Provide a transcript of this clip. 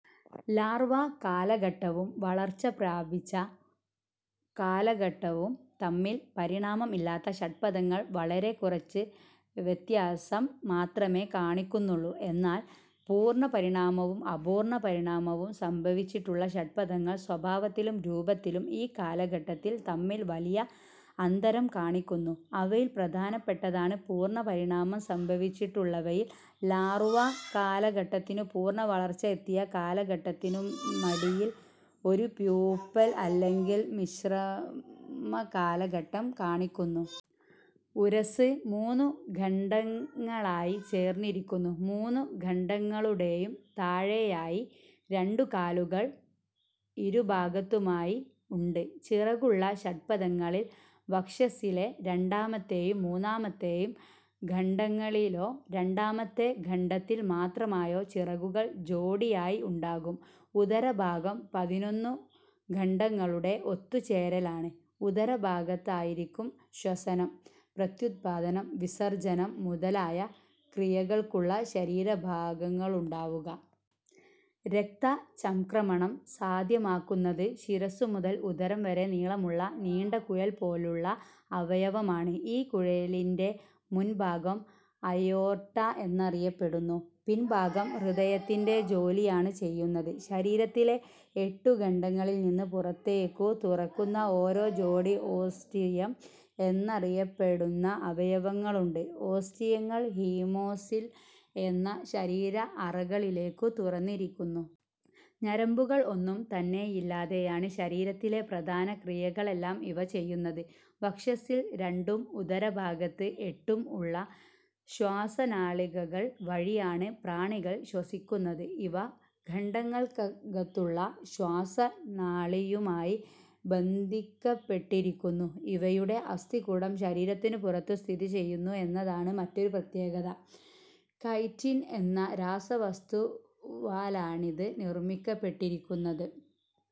Larva കാലഘട്ടവും വളർച്ച പ്രാപിച്ച കാലഘട്ടവും തമ്മിൽ പരിണാമം ഇല്ലാത്ത ഷഡ്പദങ്ങൾ വളരെ കുറച്ച് വ്ത്യാസം മാത്രമേ കാണിക്കുന്നുള്ളൂ. എന്നാൽ പൂർണ്ണപരിണാമവും അപൂർണ പരിണാമവും സംഭവിച്ചിട്ടുള്ള ഷഡ്പദങ്ങൾ സ്വഭാവത്തിലും രൂപത്തിലും ഈ കാലഘട്ടങ്ങൾ തമ്മിൽ വലിയ അന്തരം കാണിക്കുന്നു. അവയിൽ പ്രധാനപ്പെട്ടതാണ് പൂർണ പരിണാമം സംഭവിച്ചിട്ടുള്ളവയിൽ ലാർവ്വ കാലഘട്ടത്തിനു പൂർണ വളർച്ച എത്തിയ കാലഘട്ടത്തിനുമടിയിൽ ഒരു പ്യൂപ്പൽ അല്ലെങ്കിൽ വിശ്രമ കാലഘട്ടംകാണിക്കുന്നു. ഉരസ്സ് മൂന്നു ഖണ്ഡങ്ങളായി ചേർന്നിരിക്കുന്നു. മൂന്നു ഖണ്ഡങ്ങളുടേയും താഴെയായി രണ്ടുകാലുകൾ ഇരുഭാഗത്തുമായി ഉണ്ട്. ചിറകുള്ള ഷഡ്പദങ്ങളിൽ വക്ഷസ്സിലെ രണ്ടാമത്തെയും മൂന്നാമത്തെയും ഖണ്ഡങ്ങളിലോ, രണ്ടാമത്തെ ഖണ്ഡത്തിൽ മാത്രമായോ, ചിറകുകൾ ജോടിയായി ഉണ്ടാകും. ഉദരഭാഗം പതിനൊന്നു ഖണ്ഡങ്ങളുടെ ഒത്തുചേരലാണ്. ഉദരഭാഗത്തായിരിക്കും ശ്വസനം, പ്രത്യുത്പാദനം, വിസർജ്ജനം മുതലായ ക്രിയകൾക്കുള്ള ശരീരഭാഗങ്ങളുണ്ടാവുക. രക്തചംക്രമണം സാധ്യമാക്കുന്നത് ശിരസ്സുമുതൽ ഉദരം വരെ നീളമുള്ള നീണ്ട കുഴൽ പോലുള്ള അവയവമാണ്. ഈ കുഴലിന്റെ മുൻഭാഗം അയോർട്ട എന്നറിയപ്പെടുന്നു. പിൻഭാഗം ഹൃദയത്തിന്റെ ജോലിയാണു ചെയ്യുന്നത്. ശരീരത്തിലെ എട്ടുഖണ്ഡങ്ങളിൽ നിന്ന് പുറത്തേക്കു തുറക്കുന്ന ഓരോ ജോടി ഓസ്റ്റിയം എന്നറിയപ്പെടുന്ന അവയവങ്ങളുണ്ട്. ഓസ്റ്റിയങ്ങൾ ഹീമോസിൽ എന്ന ശരീര അറകളിലേക്കു തുറന്നിരിക്കുന്നു. ഞരമ്പുകൾ ഒന്നും തന്നെയില്ലാതെയാണ് ശരീരത്തിലെ പ്രധാന ക്രിയകളെല്ലാം ഇവ ചെയ്യുന്നത്. വക്ഷസ്സിൽ രണ്ടും ഉദരഭാഗത്ത് എട്ടും ഉള്ള ശ്വാസനാളികകൾ വഴിയാണ് പ്രാണികൾ ശ്വസിക്കുന്നത്. ഇവ ഖണ്ഡങ്ങൾക്കകത്തുള്ള ശ്വാസനാളിയുമായി ബന്ധിക്കപ്പെട്ടിരിക്കുന്നു. ഇവയുടെ അസ്ഥികൂടം ശരീരത്തിനു പുറത്തു സ്ഥിതിചെയ്യുന്നു എന്നതാണ് മറ്റൊരു പ്രത്യേകത, കൈറ്റിൻ എന്ന രാസവസ്തുവാലാണിത് നിർമ്മിക്കപ്പെട്ടിരിക്കുന്നത്.